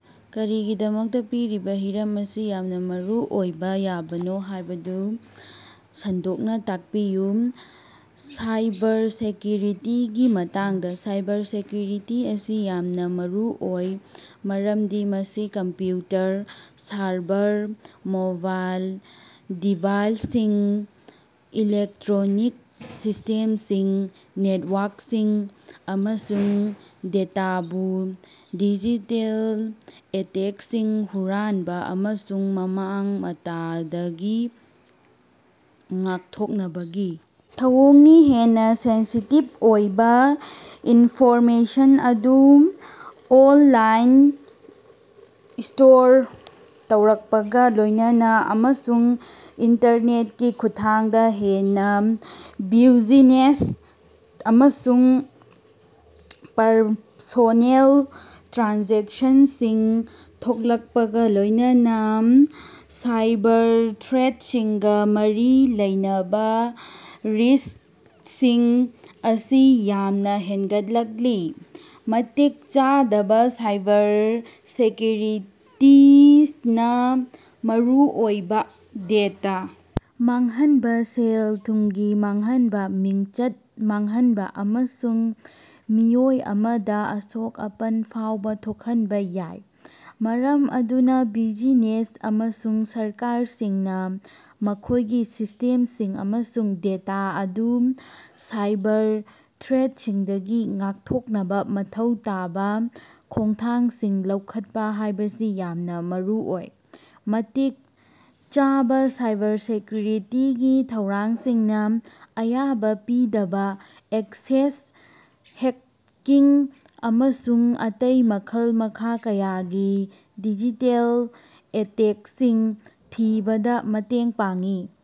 ꯀꯔꯤꯒꯤꯗꯃꯛꯇ ꯄꯤꯔꯤꯕ ꯍꯤꯔꯝ ꯑꯁꯤ ꯌꯥꯝꯅ ꯃꯔꯨꯑꯣꯏꯕ ꯌꯥꯕꯅꯣ ꯍꯥꯏꯕꯗꯨ ꯁꯟꯗꯣꯛꯅ ꯇꯥꯛꯄꯤꯌꯨ꯫ ꯁꯥꯏꯕꯔꯁꯦꯀ‌꯭ꯌꯨꯔꯤꯇꯤꯒꯤ ꯃꯇꯥꯡꯗ꯫ ꯁꯥꯏꯕꯔꯁꯦꯀ꯭ꯌꯨꯔꯤꯇꯤ ꯑꯁꯤ ꯌꯥꯝꯅ ꯃꯔꯨꯑꯣꯏ ꯃꯔꯝꯗꯤ ꯃꯁꯤ ꯀꯝꯄ꯭ꯌꯨꯇꯔ, ꯁꯔꯚꯔ, ꯃꯣꯕꯥꯏꯜ ꯗꯤꯚꯥꯏꯁꯁꯤꯡ, ꯏꯂꯦꯛꯇ꯭ꯔꯣꯅꯤꯛ ꯁꯤꯁꯇꯦꯝꯁꯤꯡ, ꯅꯦꯠꯋꯥꯔꯀꯁꯤꯡ, ꯑꯃꯁꯨꯡ ꯗꯦꯇꯥꯕꯨ ꯗꯤꯖꯤꯇꯦꯜ ꯑꯦꯇꯦꯛꯁꯤꯡ, ꯍꯨꯔꯥꯟꯕ ꯑꯃꯁꯨꯡ ꯃꯃꯥꯡ-ꯃꯇꯥꯗꯒꯤ ꯉꯥꯛꯊꯣꯛꯅꯕꯒꯤ ꯊꯧꯑꯣꯡꯅꯤ꯫ ꯍꯦꯟꯅ ꯁꯦꯟꯁꯤꯇꯤꯚ ꯑꯣꯏꯕ ꯏꯟꯐꯣꯔꯃꯦꯁꯟ ꯑꯗꯨ ꯑꯣꯟꯂꯥꯏꯟꯗ ꯁ꯭ꯇꯣꯔ ꯇꯧꯔꯛꯄꯒ ꯂꯣꯏꯅꯅ, ꯑꯃꯁꯨꯡ ꯏꯟꯇꯔꯅꯦꯠꯀꯤ ꯈꯨꯠꯊꯥꯡꯗ ꯍꯦꯟꯅ ꯕ꯭ꯌꯨꯖꯤꯅꯦꯁ ꯑꯃꯁꯨꯡ ꯄꯔꯁꯣꯅꯦꯜ ꯇ꯭ꯔꯥꯟꯖꯦꯛꯁꯟꯁꯤꯡ ꯊꯣꯛꯂꯛꯄꯒ ꯂꯣꯏꯅꯅ, ꯁꯥꯏꯕꯔ ꯊ꯭ꯔꯦꯠꯁꯤꯡꯒ ꯃꯔꯤ ꯂꯩꯅꯕ ꯔꯤꯁꯀꯁꯤꯡ ꯑꯁꯤ ꯌꯥꯝꯅꯥ ꯍꯦꯟꯒꯠꯂꯛꯂꯤ꯫ ꯃꯇꯤꯛ ꯆꯥꯗꯕ ꯁꯥꯏꯕꯔꯁꯦꯀ꯭ꯌꯨꯔꯤꯇꯤꯅ ꯃꯔꯨꯑꯣꯏꯕ ꯗꯦꯇꯥ ꯃꯥꯡꯍꯟꯕ, ꯁꯦꯜ-ꯊꯨꯝꯒꯤ ꯃꯥꯡꯍꯟꯕ, ꯃꯤꯡꯆꯠ ꯃꯥꯡꯍꯟꯕ, ꯑꯃꯁꯨꯡ ꯃꯤꯑꯣꯏ ꯑꯃꯗꯥ ꯑꯁꯣꯛ-ꯑꯄꯟ ꯐꯥꯎꯕ ꯊꯣꯛꯍꯟꯕ ꯌꯥꯏ꯫ ꯃꯔꯝ ꯑꯗꯨꯅ ꯕ꯭ꯌꯨꯖꯤꯅꯦꯁ ꯑꯃꯁꯨꯡ ꯁꯔꯀꯥꯔꯁꯤꯡꯅ ꯃꯈꯣꯏꯒꯤ ꯁꯤꯁꯇꯦꯝꯁꯤꯡ ꯑꯃꯁꯨꯡ ꯗꯦꯇꯥ ꯑꯗꯨ ꯁꯥꯏꯕꯔ ꯊ꯭ꯔꯦꯠꯁꯤꯡꯗꯒꯤ ꯉꯥꯛꯊꯣꯛꯅꯕ ꯃꯊꯧ ꯇꯥꯕ ꯈꯣꯡꯊꯥꯡꯁꯤꯡ ꯂꯧꯈꯠꯄ ꯍꯥꯏꯕꯁꯤ ꯌꯥꯝꯅ ꯃꯔꯨꯑꯣꯏ꯫ ꯃꯇꯤꯛ ꯆꯥꯕ ꯁꯥꯏꯕꯔꯁꯦꯀ꯭ꯌꯨꯔꯤꯇꯤꯒꯤ ꯊꯧꯔꯥꯡꯁꯤꯡꯅ ꯑꯌꯥꯕ ꯄꯤꯗꯕ ꯑꯦꯛꯁꯦꯁ, ꯍꯦꯛꯀꯤꯡ ꯑꯃꯁꯨꯡ ꯑꯇꯩ ꯃꯈꯜ-ꯃꯈꯥ ꯀꯌꯥꯒꯤ ꯗꯤꯖꯤꯇꯦꯜ ꯑꯦꯇꯦꯛꯁꯤꯡ ꯊꯤꯕꯗ ꯃꯇꯦꯡ ꯄꯥꯡꯏ